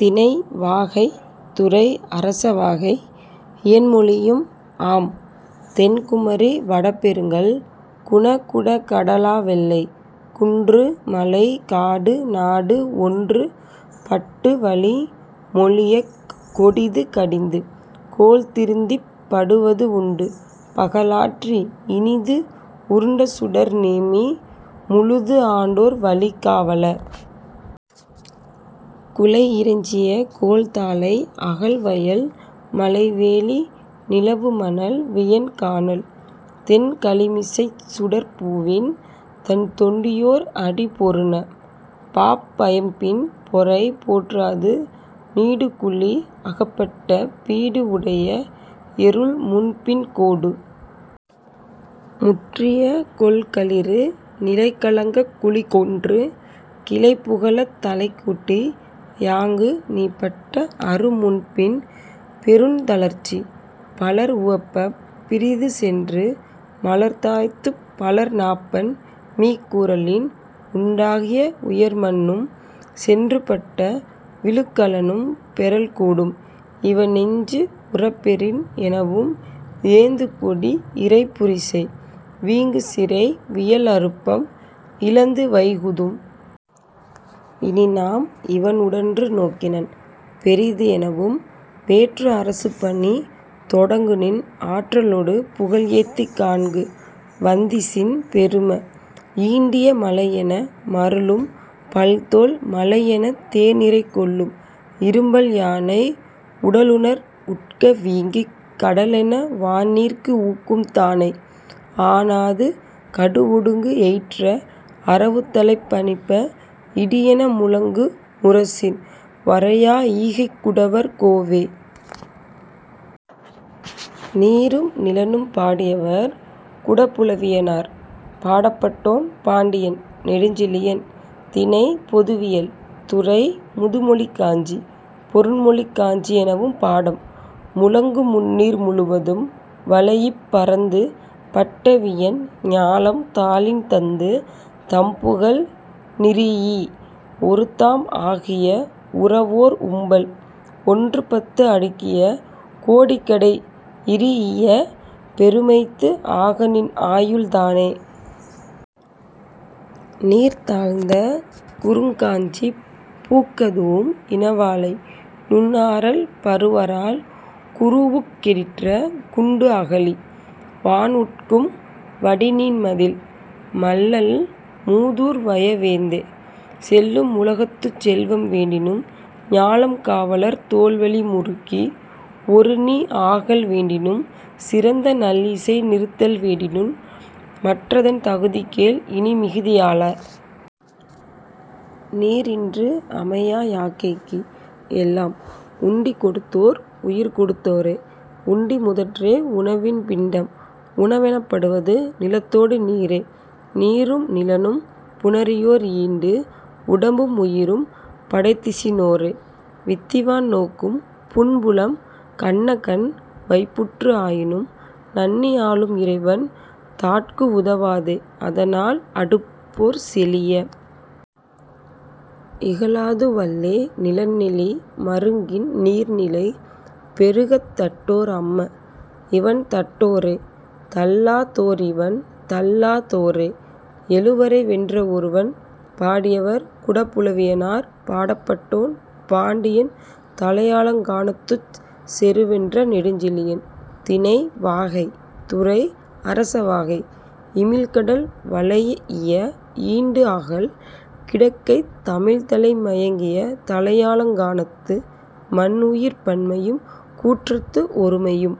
திணை; வாகை. துறை: அரசவாகை; இயன்மொழியும் ஆம். தென் குமரி, வட பெருங்கல், குண குட கடலா வெல்லை,। குன்று, மலை, காடு, நாடு ஒன்று பட்டு வழி மொழியக், கொடிது கடிந்து, கோல் திருத்திப், படுவது உண்டு, பகல் ஆற்றி, இனிது உருண்ட சுடர் நேமி முழுது ஆண்டோர் வழி காவல! குலை இறைஞ்சிய கோள் தாழை அகல் வயல், மலை வேலி, நிலவு மணல் வியன் கானல், தெண் கழிமிசைச் சுடர்ப் பூவின், தண் தொண்டியோர் அடு பொருந! மாப் பயம்பின் பொறை போற்றாது, நீடு குழி அகப் பட்ட பீடு உடைய எறுழ் முன்பின் கோடு முற்றிய கொல் களிறு, நிலை கலங்கக் குழி கொன்று, கிளை புகலத் தலைக்கூடி யாங்கு நீ பட்ட அரு முன்பின், பெருந் தளர்ச்சி, பலர் உவப்பப், பிறிது சென்று, மலர் தாயத்துப் பலர் நாப்பண் மீக் கூறலின், 'உண் டாகிய உயர் மண்ணும், சென்று பட்ட விழுக் கலனும், பெறல் கூடும், இவன்நெஞ்சு உறப்பெறின்'எனவும், 'ஏந்து கொடி இறைப் புரிசை, வீங்கு சிறை, வியல் அருப்பம், இழந்து வைகுதும். இனிநாம்; இவன் உடன்று நோக்கினன், பெரிது' எனவும், வேற்று அரசு பணி தொடங்குநின் ஆற்ற லொடு புகழ் ஏத்திக், காண்கு வந்திசின், பெரும! ஈண்டிய மழையென மருளும் பல் தோல், மலையெனத் தேன்இறை கொள்ளும் இரும்பல் யானை, உடலுநர் உட்க வீங்கிக், கடலென வான்நீர்க்கு ஊக்கும் தானை, ஆனாது கடுஒடுங்கு எயிற்ற அரவுத்தலை பனிப்ப, இடியென முழங்கு முரசின், வரையா ஈகைக் குடவர் கோவே!. நீரும் நிலனும்! பாடியவர்; குடபுலவியனார். பாடப்பட்டோன்: பாண்டியன் நெடுஞ்செழியன். திணை: பொதுவியல். துறை: முதுமொழிக் காஞ்சி: பொருண்மொழிக் காஞ்சி எனவும் பாடம். முழங்கு முந்நீர் முழுவதும் வளைஇப் பரந்து பட்ட வியன் ஞாலம் தாளின் தந்து, தம்புகழ் நிறீஇ: ஒருதாம் ஆகிய உரவோர் உம்பல்! ஒன்றுபத்து அடுக்கிய கோடிகடை இரீஇய பெருமைத்து ஆக நின் ஆயுள் தானே! நீர்த் தாழ்ந்த குறுங் காஞ்சிப் பூக் கதூஉம் இன வாளை, நுண் ஆரல், பரு வரால், குரூஉக் கெடிற்ற, குண்டு அகழி; வான் உட்கும் வடிநீண் மதில்; மல்லல் மூதூர் வய வேந்தே! செல்லும் உலகத்துச் செல்வம் வேண்டினும், ஞாலம் காவலர் தோள்வலி முருக்கி, ஒருநீ ஆகல் வேண்டினும், சிறந்த நல்இசை நிறுத்தல் வேண்டினும், மற்றதன் தகுதி கேள், இனி, மிகுதியாள! நீர்இன்று அமையா யாக்கைக்கு எல்லாம் உண்டி கொடுத்தோர் உயிர்கொடுத் தோரே; உண்டி முதற்றே உணவின் பிண்டம்; உணவெனப் படுவது நிலத்தோடு நீரே; நீரும் நிலனும் புணரியோர் ஈண்டு உடம்பும் உயிரும் படைத்திசி னோரே; வித்திவான் நோக்கும் புன்புலம் கண்ணகன் வைப்புற்று ஆயினும், நண்ணி ஆளும் இறைவன் தாட்குஉத வாதே; அதனால், அடுபோர்ச் செழிய! இகழாது வல்லே நிலன்நெளி மருங்கின் நீர்நிலை பெருகத் தட்டோர் அம்ம, இவண்தட் டோரே; தள்ளா தோர்இவண் தள்ளா தோரே.. எழுவரை வென்ற ஒருவன்! பாடியவர்: குடபுலவியனார். பாடப்பட்டோன்: பாண்டியன் தலையாலங்கானத்துச் செருவென்ற நெடுஞ்செழியன். திணை: வாகை. துறை: அரசவாகை. இமிழ்கடல் வளைஇய ஈண்டுஅகல் கிடக்கைத் தமிழ்தலை மயங்கிய தலையாலங் கானத்து, மன்உயிர்ப் பன்மையும், கூற்றத்து ஒருமையும்.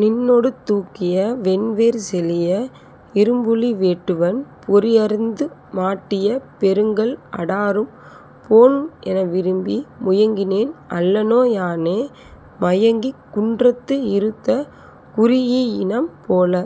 நின்னொடு தூக்கிய வென்வேற் செழிய! 'இரும்புலி வேட்டுவன் பொறிஅறிந்து மாட்டிய பெருங்கல் அடாரும் போன்ம் என விரும்பி, முயங்கினேன் அல்லனோ யானே! மயங்கிக் குன்றத்து இறுத்த குரீஇஇனம் போல,